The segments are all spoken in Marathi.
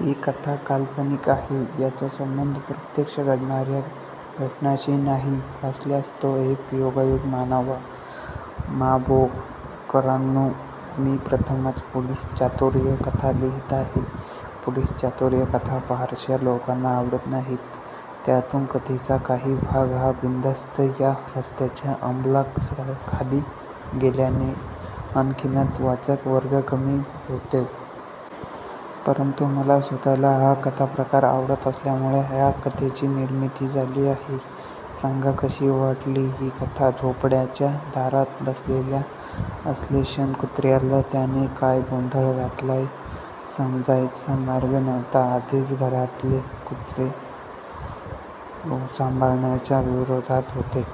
ही कथा काल्पनिक आहे. याचा संबंध प्रत्यक्ष घडणार्या घटनांशी नाही. असल्यास तो एक योगायोग मानावा. माबोकरांनो मी प्रथमच पोलीस चातुर्य कथा लिहीत आहे. पोलीस चातुर्यकथा फारश्या लोकांना आवडत नाहीत. त्यातुन कथेचा काही भाग हा बिभत्स या रसाच्या अमला खाली गेल्याने आणखीनच वाचक वर्ग कमी होतो. परंतु मला स्वतःला हा कथाप्रकार आवडत असल्यामुळे या कथेची निर्मीती झाली आहे. सांगा कशी वाटली ही कथा. चोपडांच्या दारात बसलेल्या अल्सेशन कुत्र्याला त्याने काय गोंधळ घातलाय समजायचा मार्ग नव्हता. आधीच घरातले सगळे कुत्रा सांभाळण्याच्या विरोधात होते.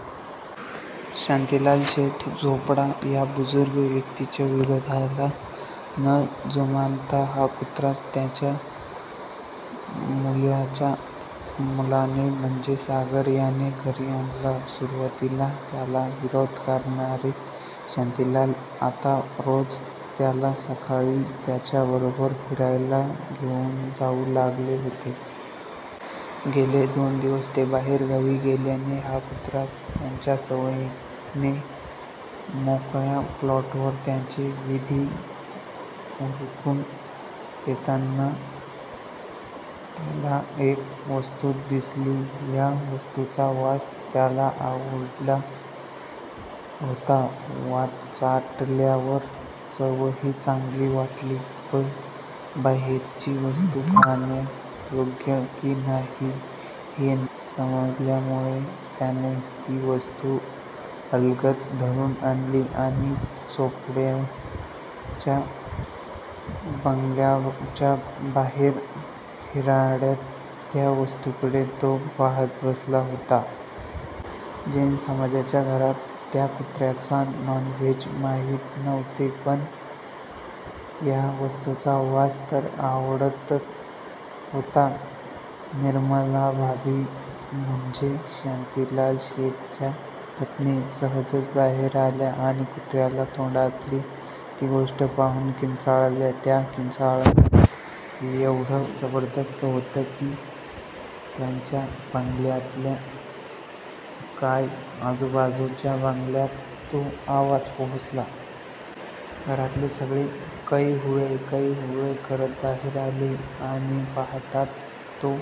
शांतीलालशेठ चोपडा या बुजुर्ग व्यक्तिच्या विरोधाला न जुमानता हा कुत्रा त्यांच्या मुलाच्या मुलाने म्हणजे सागर याने घरी आणला. सुरवातीला त्याला विरोध करणारे शांतीलाल आता रोज त्याला सकाळी त्यांच्या बरोबर फिरायला घेऊन जाऊ लागले होते. गेले दोन दिवस ते बाहेर गावी गेल्याने हा कुत्रा त्याच्या सवयीने मोकळ्या प्लॉटवर त्याचे विधी उरकुन येताना त्याला एक वस्तु दिसली. या वस्तुचा वास त्याला आवडत होता. चाटल्यावर चवही चांगली वाटली पण बाहेरची वस्तु खाण्यायोग्य कि नाही हे न समजल्यामुळे त्याने ती वस्तु अलगद धरुन आणली आणी चोपडांच्या बंगल्याच्या बाहेर व्हरांड्यात त्या वस्तुकडे तो पहात बसला होता. जैन समाजाच्या घरात त्या कुत्र्याला नॉनव्हेज माहित नव्हते पण या वस्तुचा वास तर आवडत होता. निर्मलाभाबी म्हणजे शांतीलालशेठ्च्या पत्नी सहजच बाहेर आल्या आणि कुत्र्याच्या तोंडातली ती गोष्ट पाहुन किंचाळल्या. ते किंचाळण येव्हड जबरदस्त होत की त्यांच्या बंगल्यातच काय आजुबाजुच्या बंगल्यात तो आवाज पोहोचला. घरातले सगळे " कई हुवे कई हुवे " करत बाहेर आले, आणि पहातात तो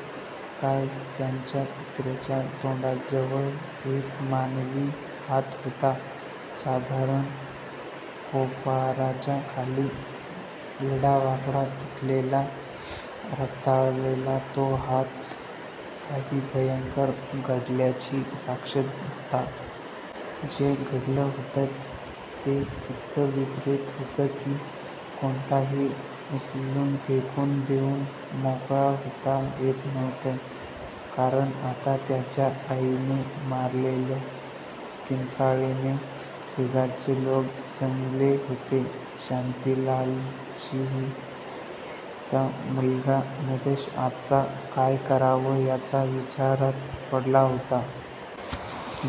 काय त्यांच्या कुत्र्याच्या तोंडाजवळ एक मानवी हात होता. साधारण कोपाराच्या खाली वेडावा़कडा तुटलेला रक्ताळलेला तो हात काही भयंकर घडल्याची साक्ष होता. जे घडल होत ते इतक विपरीत होत की कोणाहाती उचलुन फेकुन देऊन मोकळ होता येत नव्हत. कारण आता त्याच्या आईने मारलेल्या किंचाळीने शेजारचे लोक जमले होते. शांतीलालजींचा मुलगा नरेश आता काय कराव याच्या विचारात पडला होता.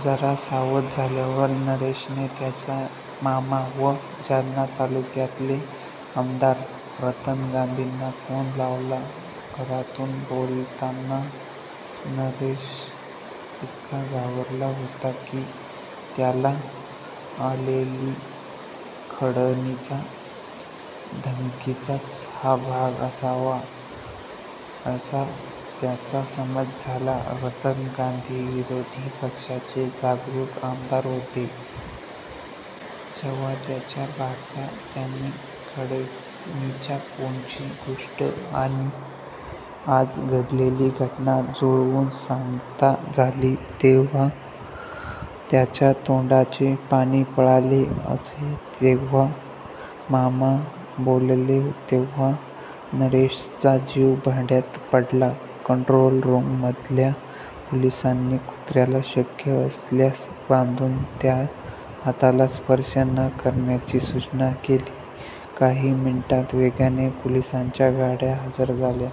जरा सावध झाल्यावर नरेशने त्याचे मामा व जालना तालुक्यातले आमदार रतन गांधींना फोन लावला. घरातुन बोलताना नरेश इतका घाबरला होता की त्याला आलेली खंडणीच्या धमकीचाच हा भाग असावा, असा त्याचा समज झाला. रतन गांधी विरोधी पक्षाचे जागरुक आमदार होते. जेव्हा त्यांचा भाचा त्यांना खंडणीच्या फोनची गोष्ट आणि आज घडलेली घटना जुळवुन सांगता झाला तेव्हा त्यांच्या तोंडचे पाणी पळाले. "असे जेव्हा मामा बोलले तेव्हा नरेशचा जीव भांड्यात पडला. कंट्रोल रुम मधल्या पोलीसांनी कुत्र्याला शक्य असल्यास बांधुन त्या हाताला स्पर्श न करण्याची सुचना केली. काही मिनीटात वेगाने पोलीसांच्या गाड्या हजर झाल्या.